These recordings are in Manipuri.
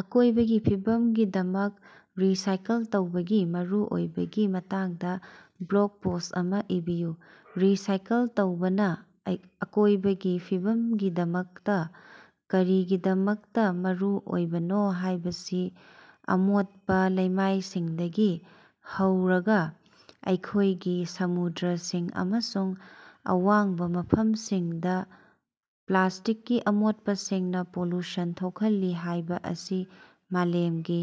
ꯑꯀꯣꯏꯕꯒꯤ ꯐꯤꯕꯝꯒꯤꯗꯃꯛ ꯔꯤꯁꯥꯏꯀꯜ ꯇꯧꯕꯒꯤ ꯃꯔꯨꯑꯣꯏꯕꯒꯤ ꯃꯇꯥꯡꯗ ꯕ꯭ꯂꯣꯒ ꯄꯣꯁꯠ ꯑꯃ ꯏꯕꯤꯌꯨ꯫ ꯔꯤꯁꯥꯏꯀꯜ ꯇꯧꯕꯥꯅ ꯑꯀꯣꯢꯕꯒꯤ ꯐꯤꯕꯝꯒꯤꯗꯃꯛꯇ ꯀꯔꯤꯒꯤꯗꯃꯛꯇ ꯃꯔꯨ ꯑꯣꯏꯕꯅꯣ ꯍꯥꯢꯕꯁꯤ ꯑꯃꯣꯠꯄꯥ ꯂꯩꯃꯥꯏꯁꯤꯡꯗꯒꯤ ꯍꯧꯔꯒ ꯑꯩꯈꯣꯢꯒꯤ ꯁꯃꯨꯗ꯭ꯔꯁꯤꯡ ꯑꯃꯁꯨꯡ ꯑꯋꯥꯡꯕ ꯃꯐꯝꯁꯤꯡꯗ ꯄ꯭ꯂꯥꯁꯇꯤꯛꯀꯤ ꯑꯃꯣꯠꯄꯁꯤꯡꯅ ꯄꯣꯂꯨꯁꯟ ꯊꯣꯛꯍꯜꯂꯤ ꯍꯥꯏꯕ ꯑꯁꯤ ꯃꯥꯂꯦꯝꯒꯤ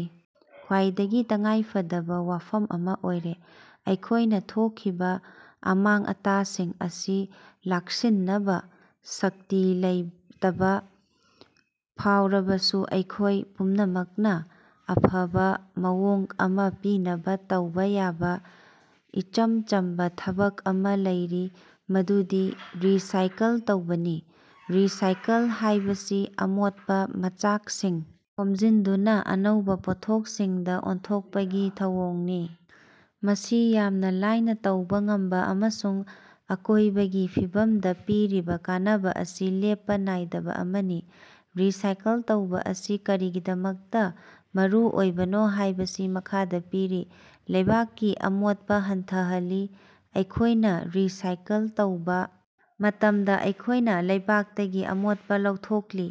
ꯈ꯭ꯋꯥꯏꯗꯒꯤ ꯇꯉꯥꯏꯐꯗꯕ ꯋꯥꯐꯝ ꯑꯃ ꯑꯣꯏꯔꯦ꯫ ꯑꯩꯈꯣꯢꯅ ꯊꯣꯛꯈꯤꯕ ꯑꯃꯥꯡ-ꯑꯇꯥꯁꯤꯡ ꯑꯁꯤ ꯂꯥꯛꯁꯤꯟꯅꯕ ꯁꯛꯇꯤ ꯂꯩꯇꯕꯥ ꯐꯥꯎꯔꯕꯁꯨ ꯑꯩꯈꯣꯢ ꯄꯨꯝꯅꯃꯛꯅ ꯑꯐꯕ ꯃꯑꯣꯡ ꯑꯃ ꯄꯤꯅꯕ ꯇꯧꯕ ꯌꯥꯕ ꯏꯆꯝ ꯆꯝꯕꯥ ꯊꯕꯛ ꯑꯃ ꯂꯩꯔꯤ ꯃꯗꯨꯗꯤ ꯔꯤꯁꯥꯏꯀꯜ ꯇꯧꯕꯅꯤ꯫ ꯔꯤꯁꯥꯏꯀꯜ ꯍꯥꯏꯕꯁꯤ ꯑꯃꯣꯠꯄ ꯃꯆꯥꯛꯁꯤꯡ ꯈꯣꯝꯖꯤꯟꯗꯨꯅ ꯑꯅꯧꯕ ꯄꯣꯠꯊꯣꯛꯁꯤꯡꯗ ꯑꯣꯟꯊꯣꯛꯄꯒꯤ ꯊꯧꯑꯣꯡꯅꯤ꯫ ꯃꯁꯤ ꯌꯥꯝꯅ ꯂꯥꯢꯅ ꯇꯧꯕ ꯉꯝꯕ ꯑꯃꯁꯨꯡ ꯑꯀꯣꯢꯕꯒꯤ ꯐꯤꯕꯝꯗ ꯄꯤꯔꯤꯕ ꯀꯥꯟꯅꯕ ꯑꯁꯤ ꯂꯦꯞꯄ ꯅꯥꯏꯗꯕ ꯑꯃꯅꯤ꯫ ꯔꯤꯁꯥꯏꯀꯜ ꯇꯧꯕꯥ ꯑꯁꯤ ꯀꯔꯤꯒꯤꯗꯃꯛꯇ ꯃꯔꯨꯑꯣꯏꯕꯅꯣ ꯍꯥꯢꯕꯁꯤ ꯃꯈꯥꯗ ꯄꯤꯔꯤ: ꯂꯩꯕꯥꯛꯀꯤ ꯑꯃꯣꯠꯄ ꯍꯟꯊꯍꯜꯂꯤ ꯑꯩꯈꯣꯢꯅ ꯔꯤꯁꯥꯏꯀꯜ ꯇꯧꯕꯥ ꯃꯇꯝꯗ ꯑꯩꯈꯣꯢꯅꯥ ꯂꯩꯕꯥꯛꯇꯒꯤ ꯑꯃꯣꯠꯄꯥ ꯂꯧꯊꯣꯛꯂꯤ꯫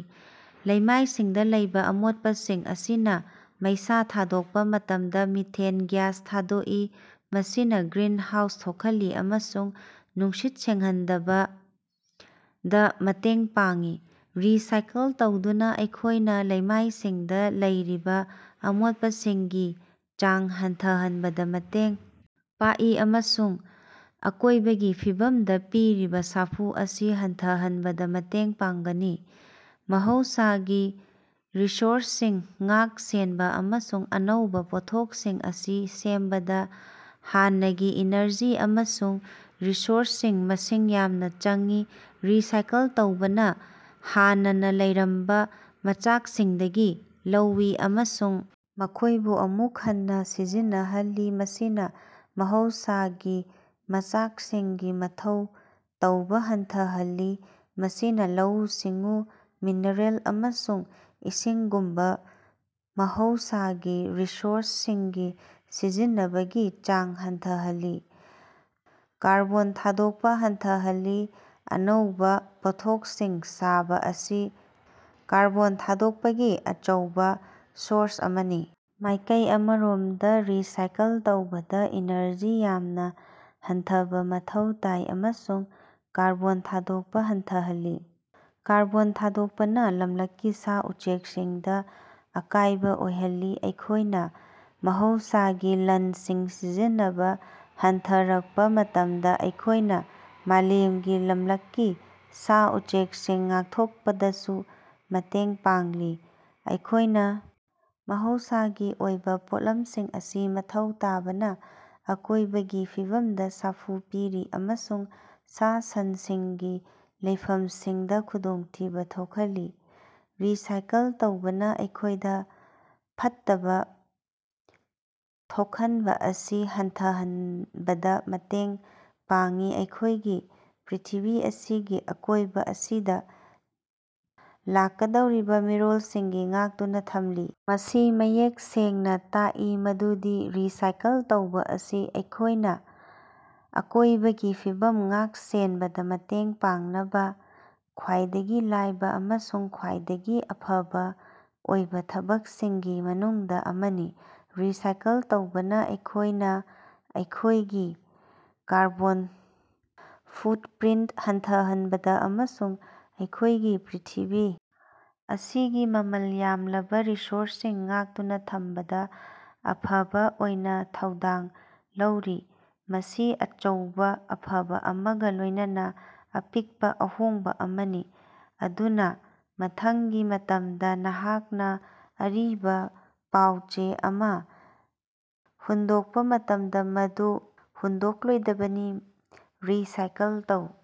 ꯂꯩꯃꯥꯏꯁꯤꯡꯗ ꯂꯩꯕꯥ ꯑꯃꯣꯠꯄꯁꯤꯡ ꯑꯁꯤꯅ ꯃꯩꯁꯥ ꯊꯥꯗꯣꯛꯄ ꯃꯇꯝꯗ ꯃꯤꯊꯦꯟ ꯒ꯭ꯌꯥꯁ ꯊꯥꯗꯣꯛꯏ ꯃꯁꯤꯅ ꯒ꯭ꯔꯤꯟ ꯍꯥꯎꯁ ꯊꯣꯛꯍꯜꯂꯤ ꯑꯃꯁꯨꯡ ꯅꯨꯡꯁꯤꯠ ꯁꯦꯡꯍꯟꯗꯕꯗ ꯃꯇꯦꯡ ꯄꯥꯡꯏ꯫ ꯔꯤꯁꯥꯏꯀꯜ ꯇꯧꯗꯨꯅ ꯑꯩꯈꯣꯢꯅ ꯂꯩꯃꯥꯏꯁꯤꯡꯗꯥ ꯂꯩꯔꯤꯕꯥ ꯑꯃꯣꯠꯄꯁꯤꯡꯒꯤ ꯆꯥꯡ ꯍꯟꯊꯍꯟꯕꯗ ꯃꯇꯦꯡ ꯄꯥꯛꯏ ꯑꯃꯁꯨꯡ ꯑꯀꯣꯢꯕꯒꯤ ꯐꯤꯕꯝꯗ ꯄꯤꯔꯤꯕ ꯁꯥꯐꯨ ꯑꯁꯤ ꯍꯟꯊꯍꯟꯕꯗ ꯃꯇꯦꯡ ꯄꯥꯡꯒꯅꯤ꯫ ꯃꯍꯧꯁꯥꯒꯤ ꯔꯤꯁꯣꯔꯁꯁꯤꯡ ꯉꯥꯛ ꯁꯦꯟꯕ ꯑꯃꯁꯨꯡ ꯑꯅꯧꯕꯥ ꯄꯣꯠꯊꯣꯛꯁꯤꯡ ꯑꯁꯤ ꯁꯦꯝꯕꯗ ꯍꯥꯟꯅꯒꯤ ꯏꯅꯔꯖꯤ ꯑꯃꯁꯨꯡ ꯔꯤꯁꯣꯔꯁꯁꯤꯡ ꯃꯁꯤꯡ ꯌꯥꯝꯅ ꯆꯪꯏ꯫ ꯔꯤꯁꯥꯏꯀꯜ ꯇꯧꯕꯅꯥ ꯍꯥꯟꯅꯅ ꯂꯩꯔꯝꯕ ꯃꯆꯥꯛꯁꯤꯡꯗꯒꯤ ꯂꯧꯏ ꯑꯃꯁꯨꯡ ꯃꯈꯣꯢꯕꯨ ꯑꯃꯨꯛ ꯍꯟꯅ ꯁꯤꯖꯤꯟꯅꯍꯜꯂꯤ ꯃꯁꯤꯅꯥ ꯃꯍꯧꯁꯥꯒꯤ ꯃꯆꯥꯛꯁꯤꯡꯒꯤ ꯃꯊꯧ ꯇꯧꯕꯥ ꯍꯟꯊꯍꯜꯂꯤ꯫ ꯃꯁꯤꯅꯥ ꯂꯧꯎ-ꯁꯤꯡꯎ, ꯃꯤꯅꯔꯦꯜ ꯑꯃꯁꯨꯡ ꯏꯁꯤꯡꯒꯨꯝꯕꯥ ꯃꯍꯧꯁꯥꯒꯤ ꯔꯤꯁꯣꯔꯁ ꯁꯤꯡꯒꯤ ꯁꯤꯖꯤꯟꯅꯕꯒꯤ ꯆꯥꯡ ꯍꯟꯊꯍꯜꯂꯤ꯫ ꯀꯥꯔꯕꯣꯟ ꯊꯥꯗꯣꯛꯄ ꯍꯟꯊꯍꯜꯂꯤ ꯑꯅꯧꯕꯥ ꯄꯣꯠꯊꯣꯛꯁꯤꯡ ꯁꯥꯕ ꯑꯁꯤ ꯀꯥꯔꯕꯣꯟ ꯊꯥꯗꯣꯛꯄꯒꯤ ꯑꯆꯧꯕꯥ ꯁꯣꯔꯁ ꯑꯃꯅꯤ꯫ ꯃꯥꯢꯀꯩ ꯑꯃꯔꯣꯝꯗ ꯔꯤꯁꯥꯏꯀꯜ ꯇꯧꯕꯗ ꯏꯅꯔꯖꯤ ꯌꯥꯝꯅ ꯍꯟꯊꯕ ꯃꯊꯧ ꯇꯥꯏ ꯑꯃꯁꯨꯡ ꯀꯥꯔꯕꯣꯟ ꯊꯥꯗꯣꯛꯄ ꯍꯟꯊꯍꯜꯂꯤ꯫ ꯀꯥꯔꯕꯣꯟ ꯊꯥꯗꯣꯛꯄꯅ ꯂꯝꯂꯛꯀꯤ ꯁꯥ-ꯎꯆꯦꯛꯁꯤꯡꯗ ꯑꯀꯥꯏꯕ ꯑꯣꯏꯍꯜꯂꯤ ꯑꯩꯈꯣꯢꯅ ꯃꯍꯧꯁꯥꯒꯤ ꯂꯟꯁꯤꯡ ꯁꯤꯖꯤꯟꯅꯕꯥ ꯍꯟꯊꯔꯛꯄ ꯃꯇꯝꯗ ꯑꯩꯈꯣꯢꯅ ꯃꯥꯂꯦꯝꯒꯤ ꯂꯝꯂꯛꯀꯤ ꯁꯥ-ꯎꯆꯦꯛꯁꯤꯡ ꯉꯥꯛꯊꯣꯛꯄꯗꯁꯨ ꯃꯇꯦꯡ ꯄꯥꯡꯂꯤ꯫ ꯑꯩꯈꯣꯢꯅ ꯃꯍꯧꯁꯥꯒꯤ ꯑꯣꯏꯕ ꯄꯣꯠꯂꯝꯁꯤꯡ ꯑꯁꯤ ꯃꯊꯧ ꯇꯥꯕꯅ ꯑꯀꯣꯏꯕꯒꯤ ꯐꯤꯕꯝꯗ ꯁꯥꯐꯨ ꯄꯤꯔꯤ ꯑꯃꯁꯨꯡ ꯁꯥ-ꯁꯟꯁꯤꯡꯒꯤ ꯂꯩꯐꯝꯁꯤꯡꯗ ꯈꯨꯗꯣꯡꯊꯤꯕ ꯊꯣꯛꯍꯜꯂꯤ꯫ ꯔꯤꯁꯥꯏꯀꯜ ꯇꯧꯕꯅ ꯑꯩꯈꯣꯢꯗ ꯐꯠꯇꯕ ꯊꯣꯛꯍꯟꯕ ꯑꯁꯤ ꯍꯟꯊꯍꯟꯕꯗ ꯃꯇꯦꯡ ꯄꯥꯡꯏ ꯑꯩꯈꯣꯢꯒꯤ ꯄ꯭ꯔꯤꯊꯤꯕꯤ ꯑꯁꯤꯒꯤ ꯑꯀꯣꯏꯕ ꯑꯁꯤꯗ ꯂꯥꯛꯀꯗꯧꯔꯤꯕ ꯃꯤꯔꯣꯜꯁꯤꯡꯒꯤ ꯉꯥꯛꯇꯨꯅ ꯊꯝꯂꯤ꯫ ꯃꯁꯤ ꯃꯌꯦꯛ ꯁꯦꯡꯅ ꯇꯥꯛꯏ ꯃꯗꯨꯗꯤ ꯔꯤꯁꯥꯏꯀꯜ ꯇꯧꯕꯥ ꯑꯁꯤ ꯑꯩꯈꯣꯢꯅꯥ ꯑꯀꯣꯢꯕꯒꯤ ꯐꯤꯕꯝ ꯉꯥꯛ-ꯁꯦꯟꯕꯗ ꯃꯇꯦꯡ ꯄꯥꯡꯅꯕꯥ ꯈ꯭ꯋꯥꯏꯗꯒꯤ ꯂꯥꯢꯕ ꯑꯃꯁꯨꯡ ꯈ꯭ꯋꯥꯏꯗꯒꯤ ꯑꯐꯕ ꯑꯣꯏꯕ ꯊꯕꯛꯁꯤꯡꯒꯤ ꯃꯅꯨꯡꯗ ꯑꯃꯅꯤ꯫ ꯔꯤꯁꯥꯏꯀꯜ ꯇꯧꯕꯥꯅ ꯑꯩꯈꯣꯢꯅ ꯑꯩꯈꯣꯢꯒꯤ ꯀꯥꯔꯕꯣꯟ ꯐꯨꯠꯄ꯭ꯔꯤꯟꯇ ꯍꯟꯊꯍꯟꯕꯗ ꯑꯃꯁꯨꯡ ꯑꯩꯈꯣꯢꯒꯤ ꯄ꯭ꯔꯤꯊꯤꯕꯤ ꯑꯁꯤꯒꯤ ꯃꯃꯜ ꯌꯥꯝꯂꯕ ꯔꯤꯁꯣꯔꯁꯁꯤꯡ ꯉꯥꯛꯇꯨꯅ ꯊꯝꯕꯗ ꯑꯐꯕ ꯑꯣꯏꯅ ꯊꯧꯗꯥꯡ ꯂꯧꯔꯤ꯫ ꯃꯁꯤ ꯑꯆꯧꯕꯥ ꯑꯐꯕ ꯑꯃꯒ ꯂꯣꯢꯅꯅꯥ ꯑꯄꯤꯛꯄ ꯑꯍꯣꯡꯕ ꯑꯃꯅꯤ꯫ ꯑꯗꯨꯅꯥ ꯃꯊꯪꯒꯤ ꯃꯇꯝꯗ ꯅꯍꯥꯛꯅ ꯑꯔꯤꯕ ꯄꯥꯎ-ꯆꯦ ꯑꯃ ꯍꯨꯟꯗꯣꯛꯄ ꯃꯇꯝꯗ ꯃꯗꯨ ꯍꯨꯟꯗꯣꯛꯂꯣꯏꯗꯕꯅꯤ ꯔꯤꯁꯥꯏꯀꯜ ꯇꯧ꯫